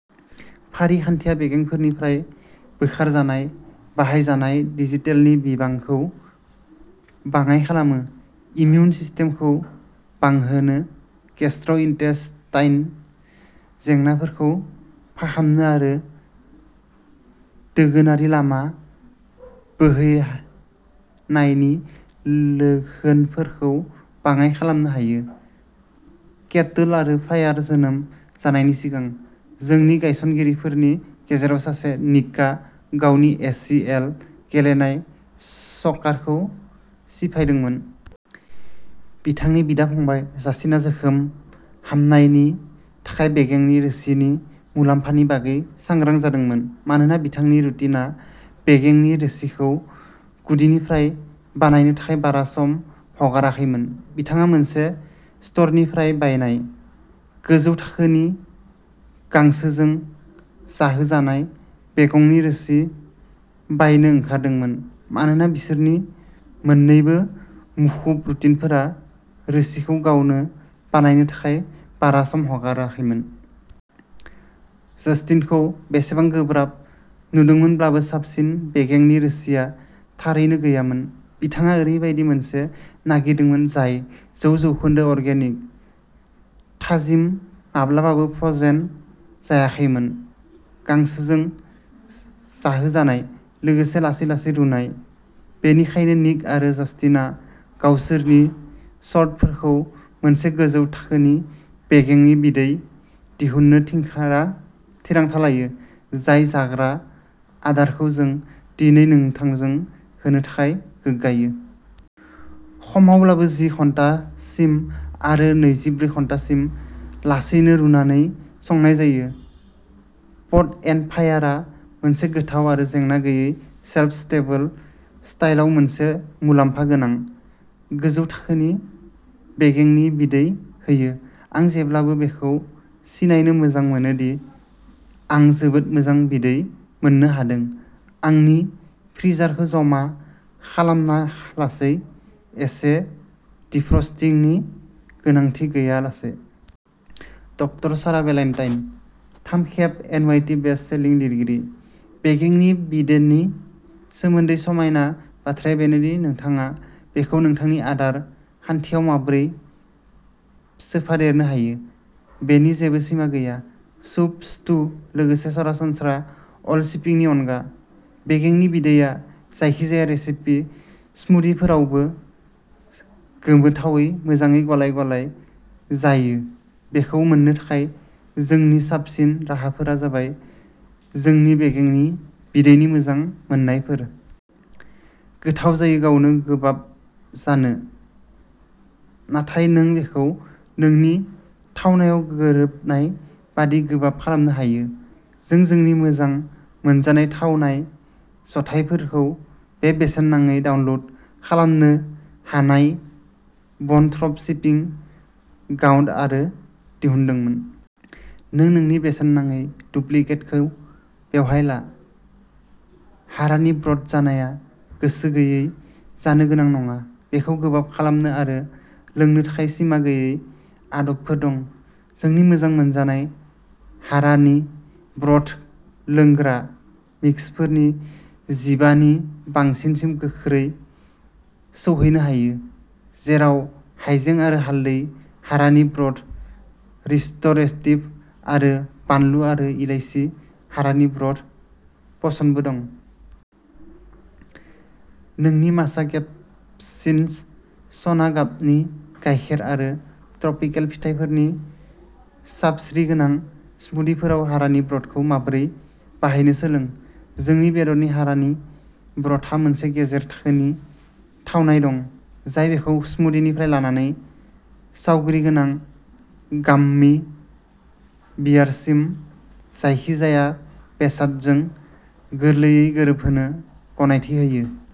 फारिखान्थिया बेगेंफोरनिफ्राय बोखारजानाय बाहायजाथाव दिजिटेलनि बिबांखौ बाङाइ खालामो, इम्युन सिस्टेमखौ बांहोनो, गेस्ट्र'इन्टेस्टाइनल जेंनाफोरखौ फाहामनो आरो दोगोनारि लामा बोहैनायनि लोखोनफोरखौ बाङाइ खालामनो हायो। केटोल आरो फायार जोनोम जानायनि सिगां, जोंनि गायसनगिरिफोरनि गेजेराव सासे, निकआ गावनि ए सि एल गेलेनाय स'कारखौ सिफायदोंमोन। बिथांनि बिदा-फंबाय जस्टिनआ जोखोम हामनायनि थाखाय बेगेंनि रोसिनि मुलाम्फानि बागै सांग्रां जादोंमोन। मानोना बिथांनि रुटिनआ बेगेंनि रोसिखौ गुदिनिफ्राय बानायनो थाखाय बारा सम हगाराखैमोन, बिथाङा मोनसे स्ट'रनिफ्राय बायनाय, गोजौ थाखोनि, गांसोजों जाहोजानाय बेगंनि रोसि बायनो ओंखारदोंमोन, मानोना बिसोरनि मोन्नैबो मुखुब रुटिनफोरा रोसिखौ गावनो बानायनो थाखाय बारा सम हगाराखैमोन।। जस्टिनखौ बेसेबां गोब्राब नुदोंमोनब्लाबो, साबसिन बेगेंनि रोसिआ थारैनो गैयामोन। बिथाङा ओरैबायदि मोनसे नागिरदोंमोन जाय जौ जौखोन्दो अर्गेनिक, थाजिम माब्लाबाबो फ्र'जेन जायाखैमोन गांसोजों जाहोजानाय, लोगोसे लासै-लासै रुनाय। बेनिखायनो, निक आरो जस्टिनआ गावसोरनि सर्तफोराव मोनसे गोजौ थाखोनि बेगेंनि बिदै दिहुननो थिरांथा लायो, जाय जाग्रा आदारखौ जों दिनै नोंथांनो होनो थाखाय गोग्गायो। खमावब्लाबो जि घन्टासिम आरो नैजिब्रै घन्टासिम लासैनो रुनानै संनाय जायो। पट एन्ड फायारआ मोनसे गोथाव आरो जेंना गैयै शेल्फ स्टेबल स्टाइलआव मोनसे मुलाम्फा गोनां, गोजौ थाखोनि बेगेंनि बिदै होयो। आं जेब्लाबो बेखौ सिनायनो मोजां मोनो दि आं जोबोद मोजां बिदै मोननो हादों, आंनि फ्रिजारखौ जमा खालामालासे एबा डिफ्रस्टिंनि गोनांथि गैयालासे। डकटर सारा बेलान्टाइन, थाम खेब N Y T best selling लिरगिरि। बेगेंनि बिदैनि सोमोन्दै समायना बाथ्राया बेनो दि नोंथाङा बेखौ नोंथांनि आदार खान्थियाव माबोरै सोफादेरनो हायो बेनि जेबो सिमा गैया। सुप, स्टु, लोगोसे सरासनस्रा अल'सिपिंनि अनगा, बेगेंनि बिदैया जायखिजाया रेसिपि स्मूदिफोरावबो गोमोथावै मोजाङै गलाय-गलाय जायो बेखौ मोन्नो थाखाय जोंनि साबसिन राहाफोरा जाबाय जोंनि बेगेंनि बिदैनि मोजां मोननायफोर। गोथाव जायो गावनो गोबाब जानो, नाथाय नों बेखौ नोंनि थावनायाव गोरोबनाय बादि गोबाब खालामनो हायो। जों जोंनि मोजां मोनजानाय थावनाय जथायफोरखौ बे बेसेन नाङै डाउनल'ड खालामनो हानाय बन ब्र'थ सिपिं गाइड आव दिहुनदोंमोन। नों नोंनि बेसेन नाङै डुप्लिकेटखौ बेवहाय ला। हारानि ब्र'थ जानाया गोसो गैयै जानो गोनां नङा बेखौ गोबाब खालामनो आरो लोंनो थाखाय सिमा गैयै आदबफोर दं। जोंनि मोजां मोनजानाय हारानि ब्र'थ लोंग्रा मिक्सफोरनि जिबा नि बांसिनसिम गोख्रै सौहैनो हायो, जेराव हायजें आरो हालदै हारानि ब्र'थ रिस्ट'रेटिभ आरो बानलु, आरो इलायसि हारानि ब्र'थ पशनबो दं। नोंनि माचा केपुसिन'स, सना गाबनि गायखेर, आरो ट्रपिकेल फिथाइफोरनि सावस्रिगोनां स्मूदिफोराव हारानि ब्र'थखौ माबोरै बाहायनो सोलों। जोंनि बेदरनि हारानि ब्र'थहा मोनसे गेजेर थाखोनि थावनाय दं, जाय बेखौ स्मूदिनिफ्राय लानानै सावस्रिगोनां गाममि बियारसिम जायखिजाया बेसादजों गोरलैयै गोरोबहोनो गनायथि होयो।